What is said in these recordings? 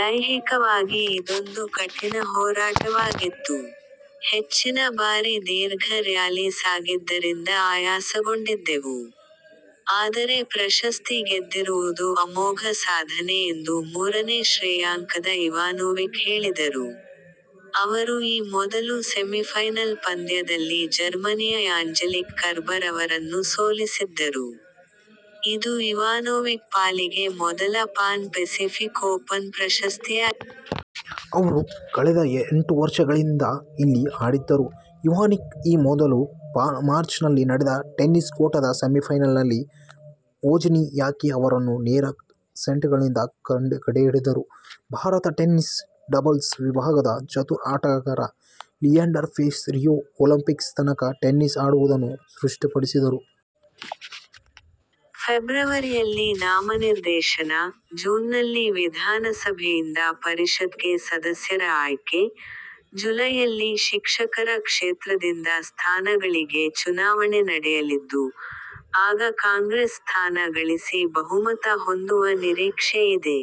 ದೈಹಿಕವಾಗಿ ಇದೊಂದು ಕಠಿನ ಹೋರಾಟವಾಗಿತ್ತು. ಹೆಚ್ಚಿನ ಬಾರಿ ದೀರ್ಘ ರ್ಯಾಲಿ ಸಾಗಿದ್ದರಿಂದ ಆಯಾಸಗೊಂಡಿದ್ದೆವು. ಆದರೆ ಪ್ರಶಸ್ತಿ ಗೆದ್ದಿರುವುದು ಅಮೋಘ ಸಾಧನೆ ಎಂದು ಮೂರನೇ ಶ್ರೇಯಾಂಕದ ಇವಾನೋವಿಕ್ ಹೇಳಿದರು. ಅವರು ಈ ಮೊದಲು ಸೆಮಿಫೈನಲ್ ಪಂದ್ಯದಲ್ಲಿ ಜರ್ಮನಿಯ ಆ್ಯಂಜೆಲಿಕ್ ಕರ್ಬರ್ ಅವರನ್ನು ಸೋಲಿಸಿದ್ದರು. ಇದು ಇವಾನೋವಿಕ್ ಪಾಲಿಗೆ ಮೊದಲ ಪಾನ್ ಪೆಸಿಫಿಕ್ ಓಪನ್ ಪ್ರಶಸ್ತಿಯಾಗಿದೆ. ಅವರು ಕಳೆದ ಎಂಟು ವರ್ಷಗಳಿಂದ ಇಲ್ಲಿ ಆಡಿದ್ದರು. ಇವಾನೋವಿಕ್ ಈ ಮೊದಲು ಮಾರ್ಚ್ನಲ್ಲಿ ನಡೆದ ಟೆನಿಸ್ ಕೂಟದ ಸೆಮಿಫೈನಲ್ನಲ್ಲಿ ವೋಜ್ನಿಯಾಕಿ ಅವರನ್ನು ನೇರ ಸೆಟ್ಗಳಿಂದಲೇ ಕೆಡಹಿದ್ದರು. ಭಾರತದ ಟೆನ್ನಿಸ್ನ ಡಬಲ್ಸ್ ವಿಭಾಗದ ಚತುರ ಆಟಗಾರ ಲಿಯಾಂಡರ್ ಪೇಸ್ ರಿಯೋ ಒಲಿಂಪಿಕ್ಸ್ ತನಕ ಟೆನ್ನಿಸ್ ಆಡುವುದನ್ನು ಸ್ಪಷ್ಟಪಡಿಸಿದ್ದಾರೆ. ಫೆಬ್ರವರಿಯಲ್ಲಿ ನಾಮನಿರ್ದೇಶನ, ಜೂನ್ನಲ್ಲಿ ವಿಧಾನಸಭೆಯಿಂದ ಪರಿಷತ್ಗೆ ಸದಸ್ಯರ ಆಯ್ಕೆ, ಜುಲೈಯಲ್ಲಿ ಶಿಕ್ಷಕರ ಕ್ಷೇತ್ರದಿಂದ ಸ್ಥಾನಗಳಿಗೆ ಚುನಾವಣೆ ನಡೆಯಲಿದ್ದು, ಆಗ ಕಾಂಗ್ರೆಸ್ ಸ್ಥಾನ ಗಳಿಸಿ ಬಹುಮತ ಹೊಂದುವ ನಿರೀಕ್ಷೆ ಇದೆ.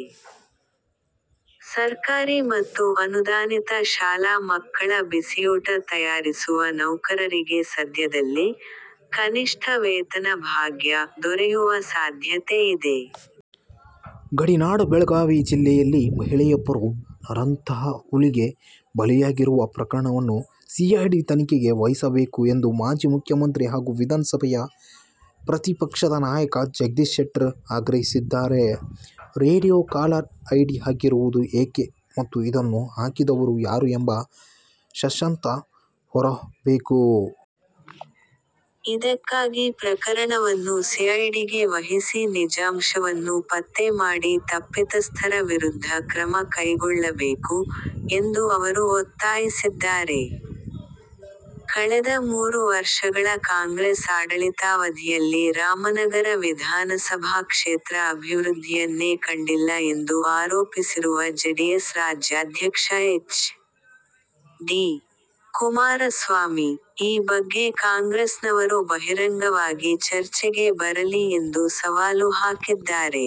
ಸರ್ಕಾರಿ ಮತ್ತು ಅನುದಾನಿತ ಶಾಲಾ ಮಕ್ಕಳ ಬಿಸಿಯೂಟ ತಯಾರಿಸುವ ನೌಕರರಿಗೆ ಸದ್ಯದಲ್ಲೇ "ಕನಿಷ್ಠ ವೇತನ ಭಾಗ್ಯ' ದೊರೆಯುವ ಸಾಧ್ಯತೆ ಇದೆ. ಗಡಿನಾಡ ಬೆಳಗಾವಿ ಜಿಲ್ಲೆಯಲ್ಲಿ ಮಹಿಳೆಯೊಬ್ಬರು ನರಹಂತಕ ಹುಲಿಗೆ ಬಲಿಯಾಗಿರುವ ಪ್ರಕರಣವನ್ನು ಸಿಐಡಿ ತನಿಖೆಗೆ ವಹಿಸಬೇಕು ಎಂದು ಮಾಜಿ ಮುಖ್ಯಮಂತ್ರಿ ಹಾಗೂ ವಿಧಾನಸಭೆಯ ಪ್ರತಿಪಕ್ಷದ ನಾಯಕ ಜಗದೀಶ್ ಶೆಟ್ಟರ್ ಆಗ್ರಹಿಸಿದ್ದಾರೆ. "ರೇಡಿಯೋ ಕಾಲರ್ ಐಡಿ ಹಾಕಿರುವುದು ಏಕೆ? ಮತ್ತು ಇದನ್ನು ಹಾಕಿದವರು ಯಾರು ಎಂಬ ಸತ್ಯಾಂಶ ಹೊರ ಬರಬೇಕು. ಇದಕ್ಕಾಗಿ ಪ್ರಕರಣವನ್ನು ಸಿಐಡಿಗೆ ವಹಿಸಿ ನಿಜಾಂಶವನ್ನು ಪತ್ತೆ ಮಾಡಿ ತಪ್ಪಿತಸ್ಥರ ವಿರುದ್ಧ ಕ್ರಮ ಕೈಗೊಳ್ಳಬೇಕು' ಎಂದು ಅವರು ಒತ್ತಾಯಿಸಿದ್ದಾರೆ. ಕಳೆದ ಮೂರು ವರ್ಷಗಳ ಕಾಂಗ್ರೆಸ್ ಆಡಳಿತಾವಧಿಯಲ್ಲಿ ರಾಮನಗರ ವಿಧಾನಸಭಾ ಕ್ಷೇತ್ರ ಅಭಿವೃದ್ಧಿಯನ್ನೇ ಕಂಡಿಲ್ಲ ಎಂದು ಆರೋಪಿಸಿರುವ ಜೆಡಿಎಸ್ ರಾಜ್ಯಾಧ್ಯಕ್ಷ ಎಚ್. ಡಿ. ಕುಮಾರಸ್ವಾಮಿ, ಈ ಬಗ್ಗೆ ಕಾಂಗ್ರೆಸ್ನವರು ಬಹಿರಂಗವಾಗಿ ಚರ್ಚೆಗೆ ಬರಲಿ ಎಂದು ಸವಾಲು ಹಾಕಿದ್ದಾರೆ.